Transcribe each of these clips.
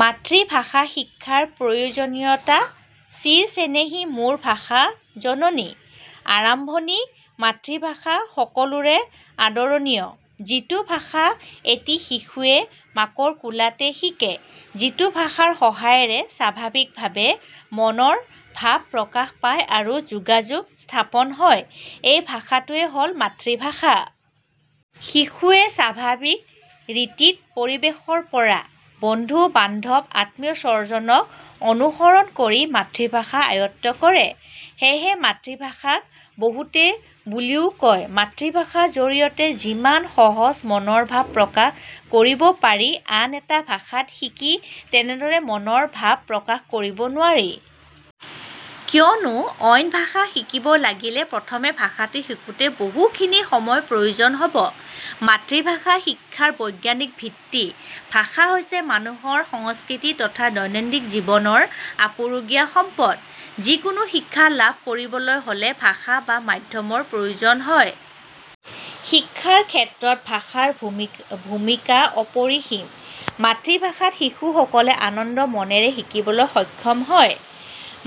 মাতৃভাষা শিক্ষাৰ প্ৰয়োজনীয়তা " চিৰ চেনেহী মোৰ ভাষা জননী" আৰম্ভণি – মাতৃভাষা সকলোৰে আদৰণীয়। যিটো ভাষা এটি শিশুৱে মাকৰ কোলাতে শিকে, যিটো ভাষাৰ সহায়েৰে স্বাভাৱিক ভাৱে মনৰ ভাৱ প্ৰকাশ পায় আৰু যোগাযোগ স্থাপন হয় সেই ভাষাটোৱে হল মাতৃভাষা। শিশুৱে স্বাভাৱিক ৰীতিত পৰিৱেশৰ পৰা, বন্ধু – বান্ধব, আত্মীয়স্বজক অনুকৰণ কৰি মাতৃভাষা আয়ত্ব কৰে। সেয়ে মাতৃভাষাক বহুতে বুলিও কয়। মাতৃভাষা জৰিয়তে যিমান সহজে মনৰ ভাৱ প্ৰকাশ কৰিব পাৰি আন এটা ভাষা শিকি তেনেদৰে মনৰ ভাৱ প্ৰকাশ কৰিব নোৱাৰি। কিয়নো অইন ভাষা শিকিব লাগিলে প্ৰথমে ভাষাটো শিকোতেই বহু খিনি সময়ৰ প্ৰয়োজন হব। মাতৃভাষা শিক্ষাৰ বৈজ্ঞানিক ভিত্তি – ভাষা হৈছে মানুহৰ সংস্কৃতি তথা দৈনন্দিন জীৱনৰ আপুৰুগীয়া সম্পদ। যিকোনো শিক্ষা লাভ কৰিবলৈ হলে ভাষা বা মাধ্যম প্ৰয়োজন হয়। শিক্ষাৰ ক্ষেত্ৰত ভাষাৰ ভূমিকা অপৰিসীম। মাতৃভাষাত শিশু সকলে আনন্দ মনেৰে শিকিবলৈ সক্ষম হয়।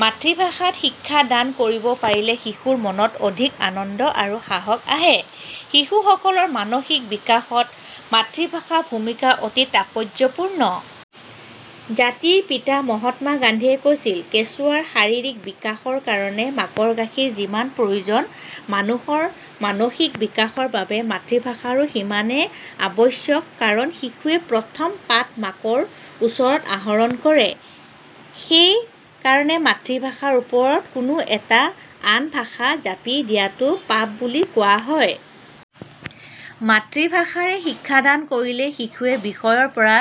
মাতৃভাষাত শিক্ষা দান কৰিব পাৰিলে শিশুৰ মনত অধিক আনন্দ আৰু সাহস আহে। শিশু সকলৰ মানসিক বিকাশত মাতৃভাষাৰ ভূমিকা অতি তাৎপৰ্যপূৰ্ণ। জাতিৰ পিতা মহাত্মা গান্ধীয়ে কৈছিল "কেঁচুৱাৰ শাৰীৰিক বিকাশৰ কাৰণে মাকৰ গাখীৰ যিমান প্ৰয়োজন, মানুহৰ মানসিক বিকাশৰ বাবে মাতৃভাষাৰো সিমানেই আৱশ্যক কাৰণ শিশুৱে প্ৰথম পাঠ মাকৰ ওচৰত আহৰণ কৰে। সেই কাৰণে মাতৃভাষাৰ ওপৰত কোনো এটা আন ভাষা জাপি দিয়াটো পাপ বুলি কোৱা হয়। " মাতৃভাষাৰে শিক্ষাদান কৰিলে শিশুৱে বিষয়ৰ পৰা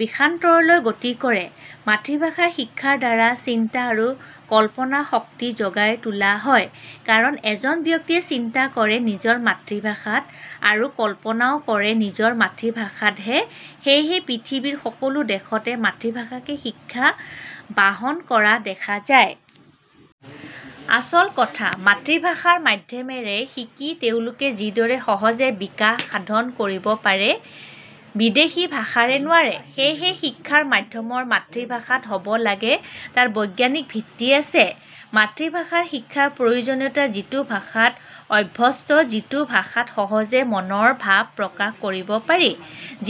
বিষয়ান্তৰলৈ গতি কৰে। মাতৃভাষা শিক্ষাৰ দ্বাৰা চিন্তা আৰু কল্পনা শক্তি জগাই তোলা হয়। কাৰণ এজন ব্যক্তিয়ে চিন্তা কৰে নিজৰ মাতৃভাষাত আৰু কল্পনাও কৰে নিজৰ মাতৃভাষাতহে। সেইহে পৃথিৱীৰ সকলো দেশতে মাতৃভাষাকে শিক্ষাৰ বাহন কৰা দেখা যায়। আচল কথা মাতৃভাষাৰ মাধ্যমেৰে শিকি তেওঁলোকে যিদৰে সহজে বিকাশ সাধন কৰিব পাৰে বিদেশী ভাষাৰে নোৱাৰে। সেইহে শিক্ষাৰ মাধ্যম মাতৃভাষাত হব লাগে তাৰ বৈজ্ঞানিক ভিত্তি আছে। মাতৃভাষাৰ শিক্ষাৰ প্ৰয়োজনীয়তা – যিটো ভাষাত অভ্যস্ত, যিটো ভাষাত সহজেই মনৰ ভাৱ প্ৰকাশ কৰিব পাৰি,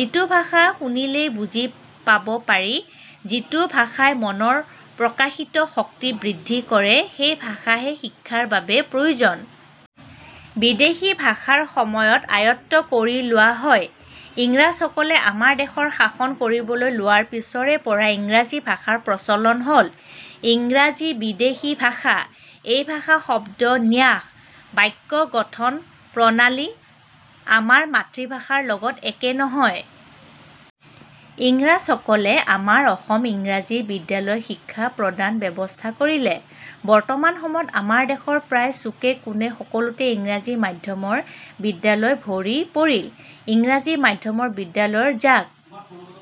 যিটো ভাষা শুনিলেই বুজি পাব পাৰি, যিটো ভাষাই মনৰ প্ৰকাশিত শক্তি বৃদ্ধি কৰে, সেই ভাষাহে শিক্ষাৰ বাবে প্ৰয়োজন। বিদেশী ভাষাৰ সময়ত আয়ত্ব কৰি লোৱা হয়। ইংৰাজ সকলে আমাৰ দেশ শাসন কৰিবলৈ লোৱাৰ পিছৰে পৰা ইংৰাজী ভাষাৰ প্ৰচলন হল। ইংৰাজী বিদেশী ভাষা। সেই ভাষা শব্দ বিন্যাস, বাক্য গঠন প্ৰণালী আমাৰ মাতৃভাষাৰ লগত একে নহয়। ইংৰাজ সকলে আমাৰ অসম ইংৰাজী মাধ্যমৰ শিক্ষাৰ প্ৰদানৰ ব্যৱস্থা কৰিলে। বৰ্তমান সময়ত আমাৰ দেশৰ প্ৰায় চুকে কোনে সকলোতে ইংৰাজী মাধ্যমৰ বিদ্যালয় ভৰি পৰিল। ইংৰাজী মাধ্যমৰ বিদ্যালয়ৰ জাক